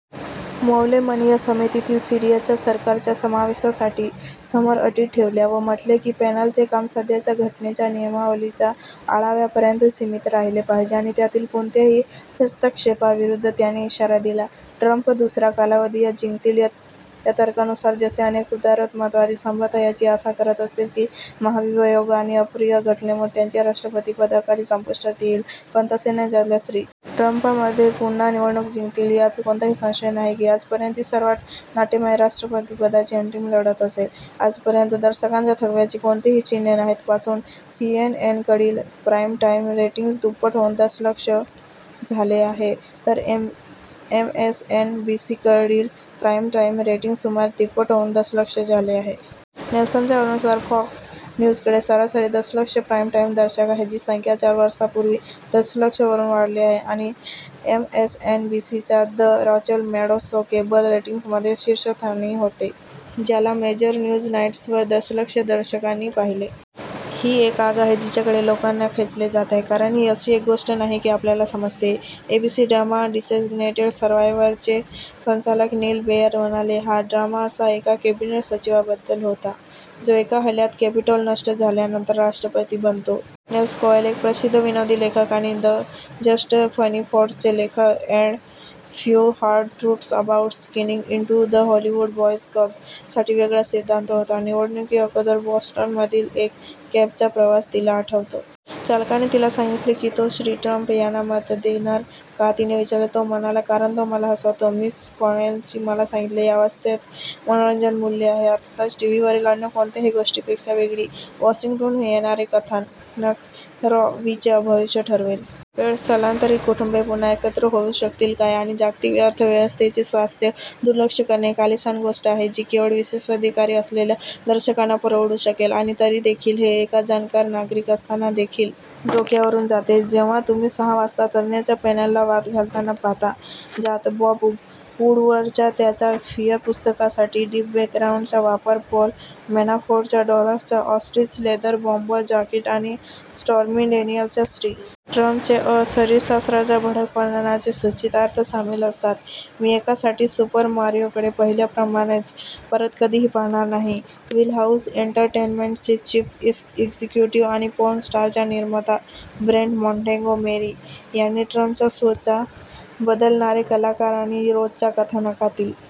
मौलेमनी या समितीतील सीरियाच्या सरकारच्या समावेशासाठी समोर अटी ठेवल्या, व म्हटले की पॅनलचे काम सध्याच्या घटनेच्या नियमावलीच्या आढाव्यापर्यंत सीमित राहिले पाहिजे आणि त्यातील कोणत्याही हस्तक्षेपाविरुद्ध त्यांनी इशारा दिला. ट्रम्प दुसरा कालावधी का जिंकतील त्या तर्कानुसार, जसे अनेक उदारमतवादी संभवतः याची आशा करत असतील की महाभियोग आणि अप्रिय घटनेमुळे त्यांचे राष्ट्रपतीपद अकाली संपुष्टात येईल, पण तसे न झाल्यास, श्री. ट्रम्प मध्ये पुन्हा निवडणूक जिंकतील. यात कोणताही संशय नाही की "आजपर्यंतची सर्वात नाट्यमय राष्ट्रपतीपदाची अंतिम लढत असेल! " आजपर्यंत, दर्शकांच्या थकव्याची कोणतीही चिन्हे नाहीत. पासून, सीएनएनकडील प्राईम-टाईम रेटिंग्ज दुप्पट होऊन दशलक्ष झाले आहे, तर एमएसएनबीसीकडील प्राईम-टाईम रेटिंग्ज सुमारे तिप्पट होऊन दशलक्ष झाले आहे. नेल्सनच्या अनुसार, फॉक्स न्यूजकडे सरासरी दशलक्ष प्राईम-टाईम दर्शक आहेत, जी संख्या चार वर्षांपूर्वी दशलक्षवरून वाढली आहे, आणि एमएसएनबीसीच्या "the Rachel Maddow show" cable रेटिंग्जमध्ये शीर्षस्थानी होते, ज्याला मेजर न्यूज नाईट्सवर दशलक्ष दर्शकांनी पाहिले. "ही एक आग आहे जिच्याकडे लोकांना खेचले जात आहे, कारण ही अशी गोष्ट नाही की आपल्याला समजते," एबीसी ड्रामा "डेसिग्नेटेड सर्वायवर"चे संचालक नील बेअर म्हणाले. हा ड्रामा अशा एका कॅबिनेट सचिवाबद्दल होता, जो एका हल्ल्यात कॅपिटोल नष्ट झाल्यानंतर राष्ट्रपती बनतो. नेल स्कोव्हेल, एक प्रसिद्ध विनोदी लेखक आणि "जस्ट द फनी पार्ट्स चे लेखक: and few hard truths about sneaking into the Hollywood boys" club," साठी वेगळा सिद्धांत होता. निवडणुकीअगोदर बोस्टनमधील एक कॅबचा प्रवास तिला आठवतो. चालकाने तिला सांगितले की तो श्री. ट्रम्प यांना मत देणार. का? तिने विचारले. "तो म्हणाला, "कारण तो मला हसवतो," मिस स्कोव्हेलनी मला सांगितले. या अव्यवस्थेत मनोरंजन मूल्य आहे. अर्थातच, टीव्हीवरील अन्य कोणत्याही गोष्टीपेक्षा वेगळी, वाशिंग्टनहून येणारे कथानक रॉ व्हीचे भविष्य ठरवेल. वेड, स्थलांतरित कुटुंबे पुन्हा एकत्र होऊ शकतील काय आणि जागतिक अर्थव्यवस्थेचे स्वास्थ्य. दुर्लक्ष करणे एक आलीशान गोष्ट आहे, जी केवळ विशेषाधिकार असलेल्या दर्शकांना परवडू शकेल. आणि तरी देखील, हे एका जाणकार नागरिक असताना देखील डोक्यावरून जाते, जेव्हा तुम्ही सहा वाजता तज्ज्ञांच्या पॅनलला वाद घालताना पाहता, ज्यात बॉब वूडवर्डचा त्याच्या "फियर" पुस्तकासाठी "डीप बॅकग्राउंड"चा वापर, पॉल मॅनाफोर्टचा डॉलर्सचा ऑस्ट्रिच-लेदर बॉम्बर जाकीट आणि स्टॉर्मी डॅनियलच्या श्री. ट्रम्पचे, अं, शरीरशास्त्राच्या भडक वर्णनाचे सूचितार्थ सामील असतात. मी, एकासाठी, सुपर मारियोकडे पहिल्याप्रमाणेच परत कधीही पाहणार नाही. "व्हीलहाऊस एंटरटेनमेंटचे चीफ एक्झिक्युटिव्ह आणि "पॉन स्टार्स"चा निर्माता ब्रेंट मोंटेगो मेरी यांनी ट्रम्पच्या शोच्या बदलणारे कलाकार आणि रोजच्या कथानकातील